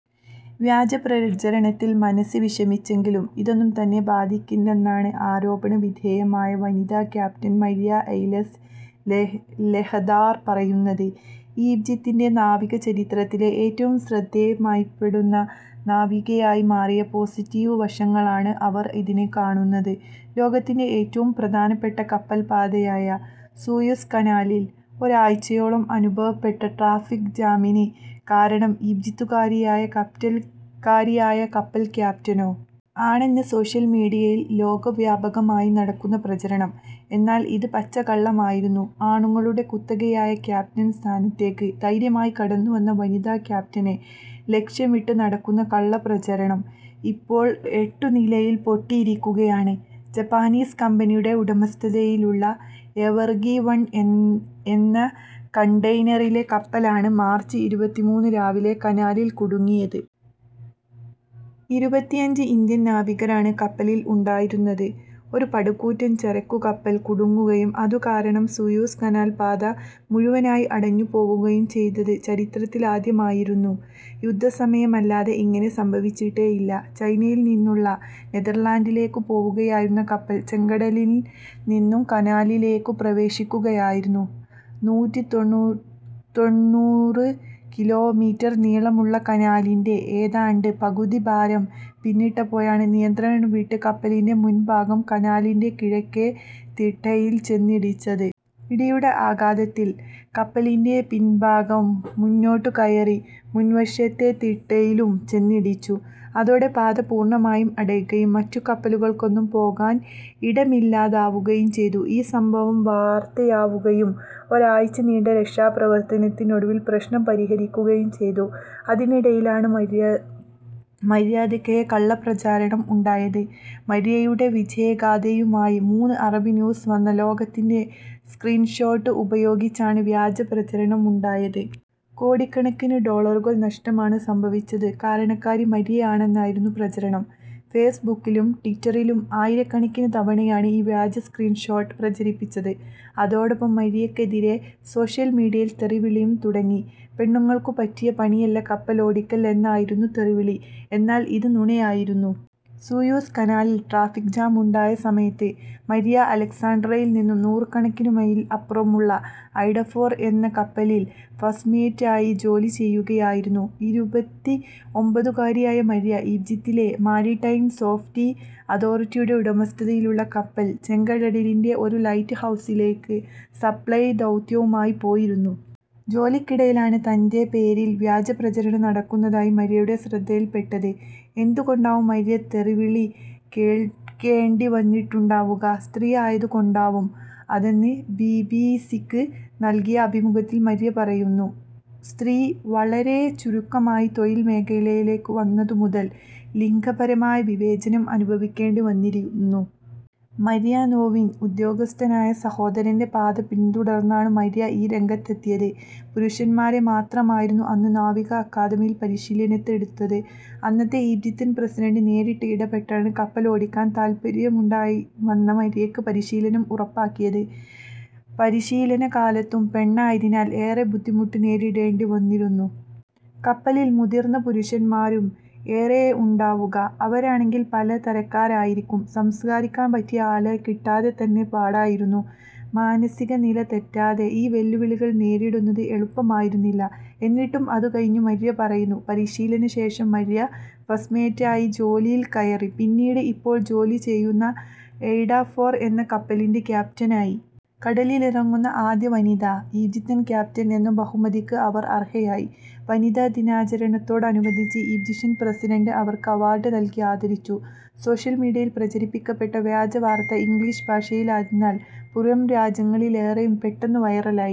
വ്യാജപ്രചാരണത്തിൽ മനസ്സ് വിഷമിച്ചെങ്കിലും, ഇതൊന്നും തന്നെ ബാധിക്കില്ലെന്നാണ് ആരോപണ വിധേയയായ വനിതാ ക്യാപ്റ്റൻ മര്വ എല്സ് ലെഹദാർ പറയുന്നത്. ഈജിപ്തിലെ നാവിക ചരിത്രത്തിലെ ഏറ്റവും ശ്രദ്ധിക്കപ്പെടുന്ന നാവികയായി മാറിയെന്ന പോസിറ്റീവ് വശമാണ് അവർ ഇതിനെ കാണുന്നത്. ലോകത്തെ ഏറ്റവും പ്രധാനപ്പെട്ട കപ്പൽ പാതയായ സൂയസ് കനാലിൽ ഒരാഴ്ചയോളം അനുഭവപ്പെട്ട ട്രാഫിക് ജാമിന് കാരണം ഈജിപ്തുകാരിയായ കപ്പൽ ക്യാപ്റ്റനോ? ആണെന്നാണ് സോഷ്യൽ മീഡിയയിൽ ലോകവ്യാപകമായി നടന്ന പ്രചാരണം. എന്നാൽ, ഇത് പച്ചക്കള്ളമായിരുന്നു. ആണുങ്ങളുടെ കുത്തകയായ ക്യാപറ്റൻ സ്ഥാനത്തേക്ക് ധൈര്യമായി കടന്നു വന്ന വനിതാ ക്യാപ്റ്റനെ ലക്ഷ്യമിട്ട് നടന്ന കള്ളപ്രചാരണം ഇപ്പോൾ എട്ടുനിലയിൽ പൊട്ടിയിരിക്കുകയാണ്. ജപ്പാനീസ് കമ്പനിയുടെ ഉടമസ്ഥതയിലുളള എവർഗിവൺ എന്ന കണ്ടെയിനർ കപ്പലാണ് മാർച്ച് ഇരുപത്തിമൂന്നിന് രാവിലെ കനാലിൽ കുടുങ്ങിയത്. ഇരുപത്തിയഞ്ചു ഇന്ത്യൻ നാവികരാണ് കപ്പലിൽ ഉണ്ടായിരുന്നത്. ഒരു പടുകൂറ്റൻ ചരക്കുകപ്പൽ കുടുങ്ങുകയും അതുകാരണം സൂയസ് കനാൽ പാത മുഴുവനായി അടഞ്ഞുപോവുകയും ചെയ്തത്ചരിത്രത്തിലാദ്യമായിരുന്നു. യുദ്ധസമയത്തല്ലാതെ ഇങ്ങനെ സംഭവിച്ചിട്ടേയില്ല. ചൈനയിൽ നിന്നു നെതെർലാന്റിലേക്ക് പോവുകയായിരുന്ന കപ്പൽ ചെങ്കടലിൽ നിന്നു കനാലിലേക്കു പ്രവേശിക്കുകയായിരുന്നു. നൂറ്റിത്തൊണ്ണൂറ്‍ കിലോമീറ്റർ നീളമുള്ള കനാലിന്റെ ഏതാണ്ട് പകുതിദൂരം പിന്നിട്ടപ്പോഴാണ് നിയന്ത്രണം വിട്ട് കപ്പലിന്റെ മുൻഭാഗം കനാലിന്റെ കിഴക്കെ തിട്ടയിൽ ചെന്നിടിച്ചത്. ഇടിയുടെ ആഘാതത്തിൽ കപ്പലിന്റെ പിൻഭാഗം മുന്നോട്ടുകയറി മറുവശത്തെ തിട്ടയിലും ചെന്നിടിച്ചു. അതോടെ പാത പൂർണ്ണമായി അടയുകയും മറ്റു കപ്പലുകൾക്കൊന്നും പോകാൻ ഇടമില്ലാതാവുകയും ചെയ്തു. ഈ സംഭവം വാർത്തയാവുകയും ഒരാഴ്ച നീണ്ട രക്ഷാപ്രവർത്തനത്തിനൊടുവിൽ പ്രശ്നം പരിഹരിക്കുകയും ചെയ്തു. അതിനിടെയാണ്, മര്വക്കെതിരെ കള്ള പ്രചാരണം ഉണ്ടായത്. മര്വയുടെ വിജയഗാഥയുമായി മുമ്പ് അറബ് ന്യൂസിൽ വന്ന ലേഖനത്തിന്റെ സ്ക്രീൻ ഷോട്ട് ഉപയോഗിച്ചാണ് വ്യാജ പ്രചാരണമുണ്ടായത്. കോടിക്കണക്കിന് ഡോളറുകൾ നഷ്ടമുണ്ടായ സംഭവത്തിന് കാരണക്കാരി മര്വ ആണെന്നായിരുന്നു പ്രചാരണം. ഫേസ്ബുക്കിലും ട്വിറ്ററിലും ആയിരക്കണക്കിന് തവണയാണ് ഈ വ്യാജ സ്ക്രീൻ ഷോട്ട് പ്രചരിച്ചത്. അതോടൊപ്പം, മര്വക്കെതിരെ സോഷ്യൽ മീഡിയയിൽ തെറിവിളിയും തുടങ്ങി. പെണ്ണുങ്ങൾക്ക് പറ്റിയ പണിയല്ല കപ്പലോടിക്കൽ എന്നായിരുന്നു തെറിവിളി. എന്നാൽ, ഇത് നുണയായിരുന്നു. സൂയസ് കനാലിൽ ട്രാഫിക് ജാം ഉണ്ടായ സമയത്ത് മര്വ അലക്സാൻഡ്രിയയിൽ നിന്നും നൂറുകണക്കിന് മൈലുകൾക്കപ്പുറത്തായിരുന്നു. ഐഡ ഫോർ എന്ന കപ്പലിൽ ഫസ്റ്റ്മേറ്റ് ആയി ജോലി ചെയ്യുകയായിരുന്നു ഇരുപത്തിഒമ്പതുകാരിയായ മര്വ. ഈജിപ്തിലെ മാരിടൈം സേഫ്റ്റി അതോറിറ്റിയുടെ ഉടമസ്ഥതതയിലുള്ള കപ്പൽ ചെങ്കടലിലെ ഒരു ലൈറ്റ് ഹൗസിലേക്ക് സപ്ലൈ ദൗത്യവുമായി പോയതായിരുന്നു. ജോലിക്കിടെയാണ്, തന്റെ പേരിൽ വ്യാജപ്രചാരണം നടക്കുന്നതായി മര്വയുടെ ശ്രദ്ധയിൽ പെട്ടത്. എന്തു കൊണ്ടാവും മര്വ തെറിവിളി കേൾക്കേണ്ടി വന്നിട്ടുണ്ടാവുക? സ്ത്രീ ആയതു കൊണ്ടാവും അതെന്നാണ് ബിബിസിക്ക് നൽകിയ അഭിമുഖത്തിൽ മര്വ പറയുന്നത്. സ്ത്രീകൾ വളരെ ചുരുക്കമായ തൊഴിൽ മേഖലയിലേക്ക് വന്നതു മുതൽ ലിംഗപരമായ വിവേചനം അനുഭവിക്കേണ്ടി വന്നിരുന്നു. മർച്ചന്റ് നേവിയിൽ ഉദ്യോഗസ്ഥനായ സഹോദരന്റെ പാത പിന്തുടർന്നാണ് മര്വ ഈ രംഗത്തെത്തിയത്. പുരുഷന്മാരെ മാത്രമായിരുന്നു അന്ന് നാവിക അക്കാദമി പരിശീലനത്തിന് എടുത്തിരുന്നത്. അന്നത്തെ ഈജിപ്ത് പ്രസിഡന്റ് നേരിട്ട് ഇടപെട്ടാണ് കപ്പലോടിക്കാൻ താൽപര്യവുമായി വന്ന മര്വയ്ക്ക് പരിശീലനം ഉറപ്പാക്കിയത്. പരിശീലന കാലത്തും പെണ്ണായതിനാൽ ഏറെ ബുദ്ധിമുട്ടു നേരിടേണ്ടി വന്നിരുന്നു. '' കപ്പലിൽ മുതിർന്ന പുരുഷന്മാരാവും ഏറെയും ഉണ്ടാവുക. അവരാണെങ്കിൽ പല തരക്കാരായിരിക്കും. സംസാരിക്കാൻ പറ്റിയ ആളുകളെ കിട്ടാൻ തന്നെ പാടായിരുന്നു. മാനസിക നില തെറ്റാതെ, ഈ വെല്ലുവിളികൾ നേരിടുന്നത് എളുപ്പമായിരുന്നില്ല. എന്നിട്ടും അതിനു കഴിഞ്ഞു''മര്വ പറയുന്നു. പരിശീലനശേഷം മര്വ ഫസ്റ്റ്മേറ്റായി ജോലിയിൽ കയറി. പിന്നീട്, ഇപ്പോൾ ജോലി ചെയ്യുന്ന ഐഡ ഫോർ എന്ന കപ്പലിന്റെ ക്യാപ്റ്റനായി. കടലിലിറങ്ങുന്ന ആദ്യ വനിതാ ഈജിപ്ഷ്യൻ ക്യാപ്റ്റൻ എന്ന ബഹുമതിക്ക് അവർ അർഹയായി. വനിതാ ദിനാചരണത്തോടനുബന്ധിച്ച് ഈജിപ്ഷ്യൻ പ്രസിഡന്റ് അവരെ അവാർഡ് നല്കി ആദരിച്ചിരുന്നു. സോഷ്യൽ മീഡിയയിൽ പ്രചരിക്കപ്പെട്ട വ്യാജ വാർത്ത ഇംഗ്ലീഷ് ഭാഷയിലായതിനാൽ പുറം രാജ്യങ്ങളിലേക്കും പെട്ടെന്ന് വൈറലായി.